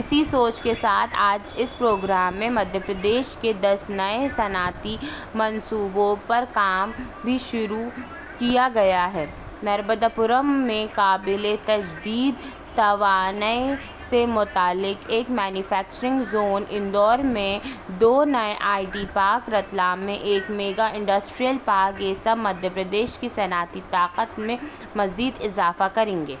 اسی سوچ کے ساتھ آج اس پروگرام میں مدھیہ پردیش کے دس نئے صنعتی منصوبوں پر کام بھی شروع کیا گیا ہے۔ نرمداپورم میں قابل تجدید توانائی سے متعلق ایک مینوفیکچرنگ زون، اندور میں دو نئے آئی ٹی پارکس، رتلام میں ایک میگا انڈسٹریل پارک، یہ سب مدھیہ پردیش کی صنعتی طاقت میں مزید اضافہ کریں گے۔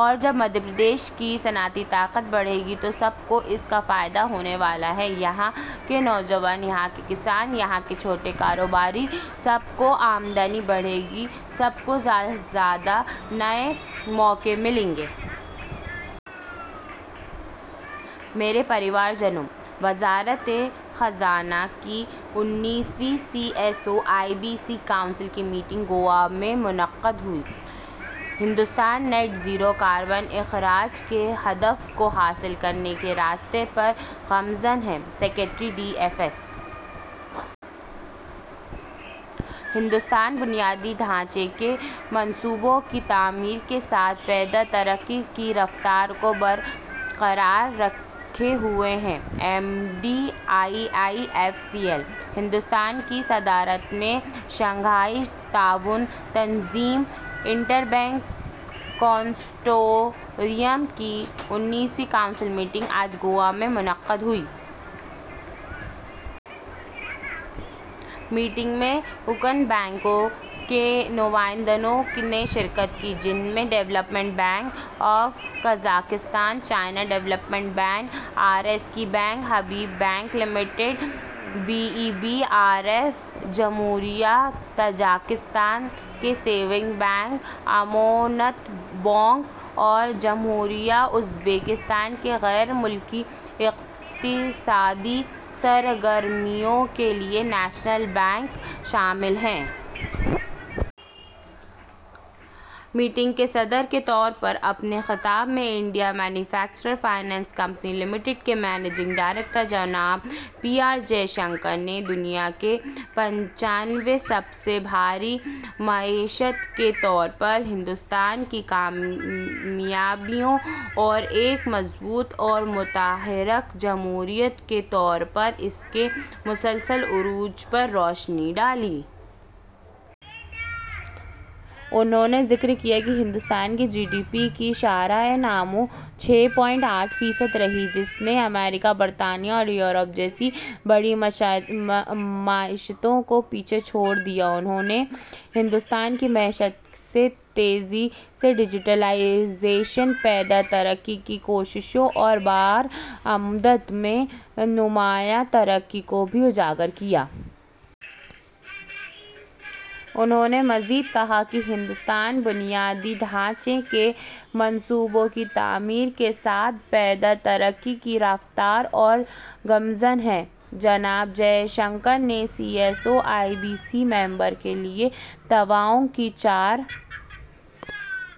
اور جب مدھیہ پردیش کی صنعتی طاقت بڑھے گی تو سب کو اس کا فائدہ ہونے والا ہے۔ یہاں کے نوجوان، یہاں کے کسان، یہاں کے چھوٹے کاروباری، سب کی آمدنی بڑھے گی، سب کو زیادہ سے زیادہ نئے مواقع ملیں گے۔ میرے پریوارجنو! وزارت خزانہ انیسویں S C O I B C council کی میٹنگ گوا میں منعقد ہوئی۔ ہندوستان تک خالص صفر کاربن کے اخراج کے ہدف کو حاصل کرنے کے راستے پر گامزن ہے: secretary, D F S. Hindustan بنیادی ڈھانچے کے منصوبوں کی تعمیر کے ساتھ پائیدار ترقی کی رفتار کو برقرار رکھے ہوئے ہے: M D, I I F C L. Hindustan کی صدارت میں شنگھائی تعاون تنظیم انٹربینک کنسورشیم کی انیسویں کونسل میٹنگ آج گوا میں منعقد ہوئی۔ میٹنگ میں رکن بینکوں کے نمائندوں نے شرکت کی، جن میں development bank of Kazakhstan, China development bank, R S K bank, Habib bank limited, V E B, R F, جمہوریہ تاجکستان کے سیونگ بینک اموناتبونک، اور جمہوریہ ازبکستان کی غیر ملکی اقتصادی سرگرمیوں کے لیے نیشنل بینک شامل ہیں۔ میٹنگ کے صدر کے طور پر اپنے خطاب میں، India infrastructure finance company limited کے منیجنگ ڈائریکٹر جناب پی آر جے شنکر نے دنیا کی پانچویں سب سے بڑی معیشت کے طور پر ہندوستان کی کامیابیوں اور ایک مضبوط اور متحرک جمہوریت کے طور پر اس کے مسلسل عروج پر روشنی ڈالی۔ انہوں نے ذکر کیا کہ ہندوستان کی جی ڈی پی کی شرح نمو چھ اعشاریہ آٹھ فیصد رہی، جس نے امریکہ، برطانیہ اور یورپ جیسی بڑی معیشتوں کو پیچھے چھوڑ دیا۔ انہوں نے ہندوستان کی معیشت کے تیزی سے ڈیجیٹلائزیشن، پائیدار ترقی کی کوششوں اور برآمدات میں نمایاں ترقی کو بھی اجاگر کیا۔ انہوں نے مزید کہا کہ ہندوستان بنیادی ڈھانچے کے منصوبوں کی تعمیر کے ساتھ پائیدار ترقی کی رفتار پر گامزن ہے۔ جناب جے شنکر نے S C O I B سی ممبران کے لیے تعاون کے چار